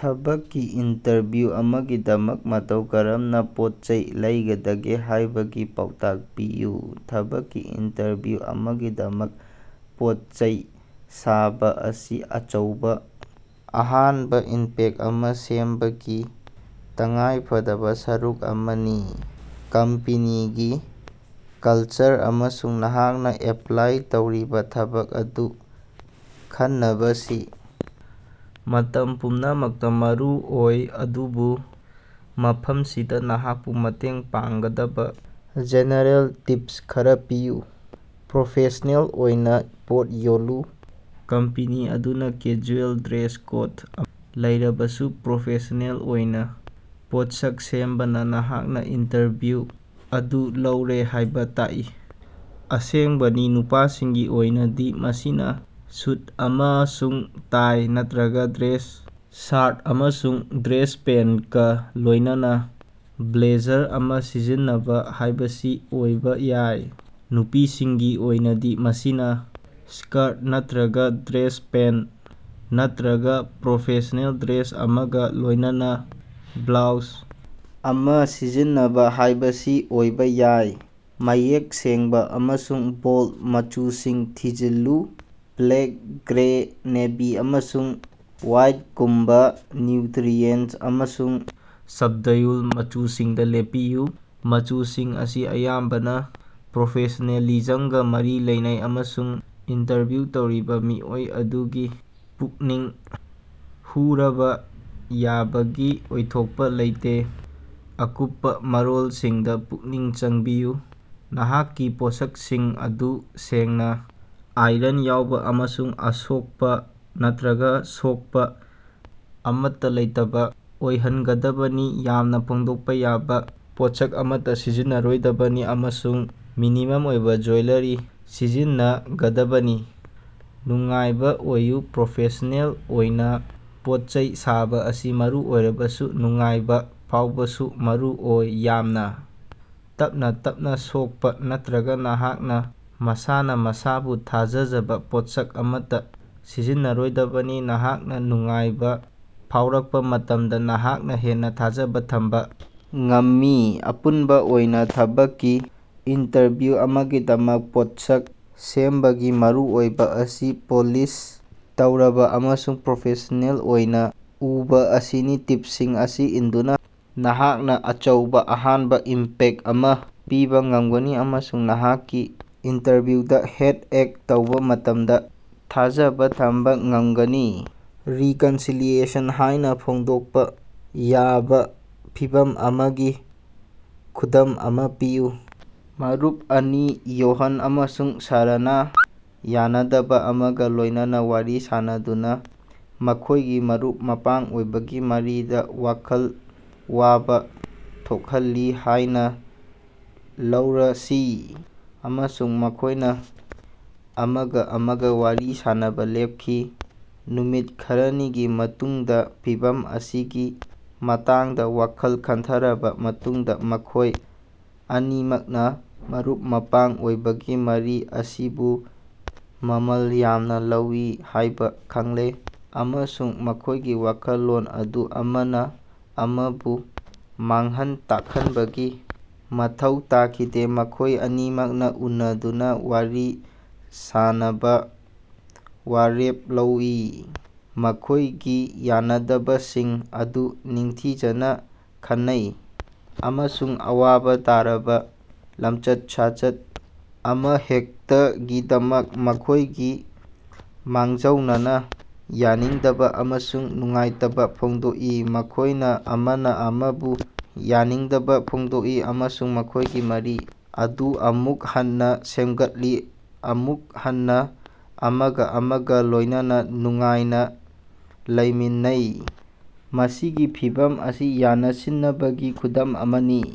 ꯊꯕꯛꯀꯤ ꯏꯟꯇꯔꯚ꯭ꯌꯨ ꯑꯃꯒꯤꯗꯃꯛ ꯃꯇꯧ ꯀꯔꯝꯅ ꯄꯣꯠꯆꯩ ꯂꯩꯒꯗꯒꯦ ꯍꯥꯏꯕꯒꯤ ꯄꯥꯎꯇꯥꯛ ꯄꯤꯌꯨ꯫ ꯊꯕꯛꯀꯤ ꯏꯟꯇꯔꯚ꯭ꯌꯨ ꯑꯃꯒꯤꯗꯃꯛ ꯄꯣꯠꯆꯩ ꯁꯥꯕ ꯑꯁꯤ ꯑꯆꯧꯕ ꯑꯍꯥꯟꯕ ꯏꯝꯄꯦꯛꯇ ꯑꯃ ꯁꯦꯝꯕꯒꯤ ꯇꯉꯥꯏꯐꯗꯕ ꯁꯔꯨꯛ ꯑꯃꯅꯤ꯫ ꯀꯝꯄꯅꯤꯒꯤ ꯀꯜꯆꯔ ꯑꯃꯁꯨꯡ ꯅꯍꯥꯛꯅ ꯑꯦꯄ꯭ꯂꯥꯏ ꯇꯧꯔꯤꯕ ꯊꯧꯗꯥꯡ ꯑꯗꯨ ꯈꯟꯅꯕꯁꯤ ꯃꯇꯝ ꯄꯨꯝꯅꯃꯛꯇ ꯃꯔꯨꯑꯣꯏ ꯑꯗꯨꯕꯨ ꯃꯐꯝꯁꯤꯗ ꯅꯍꯥꯛꯄꯨ ꯃꯇꯦꯡ ꯄꯥꯡꯒꯗꯕ ꯖꯦꯅꯦꯔꯦꯜ ꯇꯤꯞꯁ ꯈꯔ ꯄꯤꯔꯤ: ꯄ꯭ꯔꯣꯐꯦꯁꯅꯦꯜ ꯑꯣꯏꯅ ꯄꯣꯠ ꯌꯣꯜꯂꯨ: ꯀꯝꯄꯅꯤ ꯑꯗꯨꯅ ꯀꯦꯖꯨꯑꯦꯜ ꯗ꯭ꯔꯦꯁ ꯀꯣꯗ ꯑꯃ ꯂꯩꯔꯕꯁꯨ ꯄ꯭ꯔꯣꯐꯦꯁꯅꯦꯜ ꯑꯣꯏꯅ ꯄꯣꯠꯁꯛ ꯁꯦꯝꯕꯅ ꯅꯍꯥꯛꯅ ꯏꯟꯇꯔꯚꯤꯎ ꯑꯗꯨ ꯂꯧꯔꯦ ꯍꯥꯏꯕ ꯇꯥꯛꯏ꯫ ꯑꯁꯦꯡꯕꯅꯤ ꯅꯨꯄꯥꯁꯤꯡꯒꯤ ꯑꯣꯏꯅꯗꯤ ꯃꯁꯤꯅ ꯁꯨꯠ ꯑꯃꯁꯨꯡ ꯇꯥꯏ ꯅꯠꯇ꯭ꯔꯒ ꯗ꯭ꯔꯦꯁ ꯁꯔꯠ ꯑꯃꯁꯨꯡ ꯗ꯭ꯔꯦꯁ ꯄꯦꯟꯇꯀ ꯂꯣꯏꯅꯅ ꯕ꯭ꯂꯦꯖꯔ ꯑꯃ ꯁꯤꯖꯤꯟꯅꯕ ꯍꯥꯏꯕꯁꯤ ꯑꯣꯏꯕ ꯌꯥꯏ꯫ ꯅꯨꯄꯤꯁꯤꯡꯒꯤ ꯑꯣꯏꯅꯗꯤ ꯃꯁꯤꯅ ꯁ꯭ꯀꯔꯠ ꯅꯠꯇ꯭ꯔꯒ ꯗ꯭ꯔꯦꯁ ꯄꯦꯟꯇ ꯅꯠꯇ꯭ꯔꯒ ꯄ꯭ꯔꯣꯐꯦꯁꯅꯦꯜ ꯗ꯭ꯔꯦꯁ ꯑꯃꯒ ꯂꯣꯏꯅꯅ ꯕ꯭ꯂꯣꯎꯖ ꯑꯃ ꯁꯤꯖꯤꯟꯅꯕ ꯍꯥꯏꯕꯁꯤ ꯑꯣꯏꯕ ꯌꯥꯏ꯫ ꯃꯌꯦꯛ ꯁꯦꯡꯕ ꯑꯃꯁꯨꯡ ꯕꯣꯜꯗ ꯃꯆꯨꯁꯤꯡ ꯊꯤꯡꯖꯤꯜꯂꯨ: ꯕ꯭ꯂꯦꯛ, ꯒ꯭ꯔꯦ, ꯅꯦꯚꯤ ꯑꯃꯁꯨꯡ ꯋꯥꯏꯠꯒꯨꯝꯕ ꯅ꯭ꯌꯨꯇ꯭ꯔꯤꯑꯦꯟꯇ ꯑꯃꯁꯨꯡ ꯁꯕꯗ꯭ꯌꯨꯜ ꯃꯆꯨꯁꯤꯡꯗ ꯂꯦꯞꯄꯤꯌꯨ꯫ ꯃꯆꯨꯁꯤꯡ ꯑꯁꯤ ꯑꯌꯥꯝꯕꯅ ꯄ꯭ꯔꯣꯐꯦꯁ꯭ꯅꯦꯂꯤꯖꯝꯒ ꯃꯔꯤ ꯂꯩꯅꯩ ꯑꯃꯁꯨꯡ ꯏꯟꯇꯔꯚ꯭ꯌꯨ ꯇꯧꯔꯤꯕ ꯃꯤꯑꯣꯏ ꯑꯗꯨꯒꯤ ꯄꯨꯛꯅꯤꯡ ꯍꯨꯔꯕ ꯌꯥꯕꯒꯤ ꯑꯣꯏꯊꯣꯛꯄ ꯂꯩꯇꯦ꯫ ꯑꯀꯨꯞꯄ ꯃꯔꯣꯜꯁꯤꯡꯗ ꯄꯨꯛꯅꯤꯡ ꯆꯪꯕꯤꯌꯨ: ꯅꯍꯥꯛꯀꯤ ꯄꯣꯠꯁꯛꯁꯤꯡ ꯑꯗꯨ ꯁꯦꯡꯅ, ꯑꯥꯏꯔꯟ ꯌꯥꯎꯕ ꯑꯃꯁꯨꯡ ꯑꯁꯣꯛꯄ ꯅꯠꯇ꯭ꯔꯒ ꯁꯣꯛꯄ ꯑꯃꯠꯇ ꯂꯩꯇꯕ ꯑꯣꯏꯍꯟꯒꯗꯕꯅꯤ꯫ ꯌꯥꯝꯅ ꯐꯣꯡꯗꯣꯛꯄ ꯌꯥꯕ ꯄꯣꯠꯁꯛ ꯑꯃꯠꯇ ꯁꯤꯖꯤꯟꯅꯔꯣꯏꯗꯕꯅꯤ ꯑꯃꯁꯨꯡ ꯃꯤꯅꯤꯃꯝ ꯑꯣꯏꯕ ꯖꯨꯌꯦꯂꯥꯔꯤ ꯁꯤꯖꯤꯟꯅ ꯒꯗꯕꯅꯤ꯫ ꯅꯨꯡꯉꯥꯏꯕ ꯑꯣꯏꯌꯨ: ꯄ꯭ꯔꯣꯐꯦꯁ꯭ꯅꯦꯜ ꯑꯣꯏꯅ ꯄꯣꯠꯆꯩ ꯁꯥꯕ ꯑꯁꯤ ꯃꯔꯨ ꯑꯣꯏꯔꯕꯁꯨ ꯅꯨꯡꯉꯥꯏꯕ ꯐꯥꯎꯕꯁꯨ ꯃꯔꯨ ꯑꯣꯏ꯫ ꯌꯥꯝꯅ ꯇꯞꯅ ꯇꯞꯅ ꯁꯣꯛꯄ ꯅꯠꯇ꯭ꯔꯒ ꯅꯍꯥꯛꯅ ꯃꯁꯥꯅ ꯃꯁꯥꯕꯨ ꯊꯥꯖꯖꯕ ꯄꯣꯠꯁꯛ ꯑꯃꯠꯇ ꯁꯤꯖꯤꯟꯅꯔꯣꯏꯗꯕꯅꯤ꯫ ꯅꯍꯥꯛꯅ ꯅꯨꯡꯉꯥꯏꯕ ꯐꯥꯎꯔꯛꯄ ꯃꯇꯝꯗ ꯅꯍꯥꯛꯅ ꯍꯦꯟꯅ ꯊꯥꯖꯕ ꯊꯝꯕ ꯉꯝꯃꯤ꯫ ꯑꯄꯨꯟꯕ ꯑꯣꯏꯅ, ꯊꯕꯛꯀꯤ ꯏꯟꯇꯔꯚ꯭ꯌꯨ ꯑꯃꯒꯤꯗꯃꯛ ꯄꯣꯠꯁꯛ ꯁꯦꯝꯕꯒꯤ ꯃꯔꯨꯑꯣꯏꯕ ꯑꯁꯤ ꯄꯣꯂꯤꯁ ꯇꯧꯔꯕ ꯑꯃꯁꯨꯡ ꯄ꯭ꯔꯣꯐꯦꯁ꯭ꯅꯦꯜ ꯑꯣꯏꯅ ꯎꯕ ꯑꯁꯤꯅꯤ꯫ ꯇꯤꯞꯁꯤꯡ ꯑꯁꯤ ꯏꯟꯗꯨꯅ ꯅꯍꯥꯛꯅ ꯑꯆꯧꯕ ꯑꯍꯥꯟꯕ ꯏꯝꯄꯦꯛꯇ ꯑꯃ ꯄꯤꯕ ꯉꯝꯒꯅꯤ ꯑꯃꯁꯨꯡ ꯅꯍꯥꯛꯀꯤ ꯏꯟꯇꯔꯚ꯭ꯌꯨꯗ ꯍꯦꯗ-ꯑꯦꯛ ꯇꯧꯕ ꯃꯇꯝꯗ ꯊꯥꯖꯕ ꯊꯝꯕ ꯉꯝꯒꯅꯤ꯫ "ꯔꯤꯀꯟꯁꯤꯂꯤꯌꯦꯁꯟ" ꯍꯥꯏꯅ ꯐꯣꯡꯗꯣꯛꯄ ꯌꯥꯕ ꯐꯤꯚꯝ ꯑꯃꯒꯤ ꯈꯨꯗꯝ ꯑꯃ ꯄꯤꯌꯨ꯫ ꯃꯔꯨꯞ ꯑꯅꯤ, ꯌꯣꯍꯥꯟ ꯑꯃꯁꯨꯡ ꯁꯥꯔꯥꯅꯥ ꯌꯥꯅꯗꯕ ꯑꯃꯒ ꯂꯣꯏꯅꯅ ꯋꯥꯔꯤ ꯁꯥꯅꯗꯨꯅ ꯃꯈꯣꯏꯒꯤ ꯃꯔꯨꯞ-ꯃꯄꯥꯡ ꯑꯣꯏꯕꯒꯤ ꯃꯔꯤꯗ ꯋꯥꯈꯜ ꯋꯥꯕ ꯊꯣꯛꯍꯜꯂꯤ ꯍꯥꯏꯅ ꯂꯧꯔꯁꯤ ꯑꯃꯁꯨꯡ ꯃꯈꯣꯏꯅ ꯑꯃꯒ ꯑꯃꯒ ꯋꯥꯔꯤ ꯁꯥꯅꯕ ꯂꯦꯞꯈꯤ꯫ ꯅꯨꯃꯤꯠ ꯈꯔꯅꯤꯒꯤ ꯃꯇꯨꯡꯗ ꯐꯤꯚꯝ ꯑꯁꯤꯒꯤ ꯃꯇꯥꯡꯗ ꯋꯥꯈꯜ ꯈꯟꯊꯔꯕ ꯃꯇꯨꯡꯗ ꯃꯈꯣꯏ ꯑꯅꯤꯃꯛꯅ ꯃꯔꯨꯞ-ꯃꯄꯥꯡ ꯑꯣꯏꯕꯒꯤ ꯃꯔꯤ ꯑꯁꯤꯕꯨ ꯃꯃꯜ ꯌꯥꯝꯅ ꯂꯧꯏ ꯍꯥꯏꯕ ꯈꯪꯂꯦ ꯑꯃꯁꯨꯡ ꯃꯈꯣꯏꯒꯤ ꯋꯥꯈꯜꯂꯣꯟ ꯑꯗꯨ ꯑꯃꯅ ꯑꯃꯕꯨ ꯃꯥꯡꯍꯟ ꯇꯥꯛꯍꯟꯕꯒꯤ ꯃꯊꯧ ꯇꯥꯈꯤꯗꯦ꯫ ꯃꯈꯣꯏ ꯑꯅꯤꯃꯛꯅ ꯎꯅꯗꯨꯅ ꯋꯥꯔꯤ ꯁꯥꯟꯅꯕ ꯋꯥꯔꯦꯞ ꯂꯧꯏ꯫ ꯃꯈꯣꯏꯒꯤ ꯌꯥꯅꯗꯕꯁꯤꯡ ꯑꯗꯨ ꯅꯤꯡꯊꯤꯖꯅ ꯈꯟꯅꯩ ꯑꯃꯁꯨꯡ ꯑꯋꯥꯕ ꯇꯥꯔꯕ ꯂꯝꯆꯠ-ꯁꯥꯖꯠ ꯑꯃꯍꯦꯛꯇꯒꯤꯗꯃꯛ ꯃꯈꯣꯏꯒꯤ ꯃꯥꯡꯖꯧꯅꯅ ꯌꯥꯅꯤꯡꯗꯕ ꯑꯃꯁꯨꯡ ꯅꯨꯡꯉꯥꯏꯇꯕ ꯐꯣꯡꯗꯣꯛꯏ꯫ ꯃꯈꯣꯏꯅ ꯑꯃꯅ ꯑꯃꯕꯨ ꯌꯥꯅꯤꯡꯗꯕ ꯐꯣꯡꯗꯣꯛꯏ ꯑꯃꯁꯨꯡ ꯃꯈꯣꯏꯒꯤ ꯃꯔꯤ ꯑꯗꯨ ꯑꯃꯨꯛ ꯍꯟꯅ ꯁꯦꯝꯒꯠꯂꯤ꯫ ꯑꯃꯨꯛ ꯍꯟꯅ ꯑꯃꯒ ꯑꯃꯒ ꯂꯣꯏꯅꯅ ꯅꯨꯡꯉꯥꯏꯅ ꯂꯩꯃꯤꯟꯅꯩ꯫ ꯃꯁꯤꯒꯤ ꯐꯤꯚꯝ ꯑꯁꯤ ꯌꯥꯅꯁꯤꯟꯅꯕꯒꯤ ꯈꯨꯗꯝ ꯑꯃꯅꯤ꯫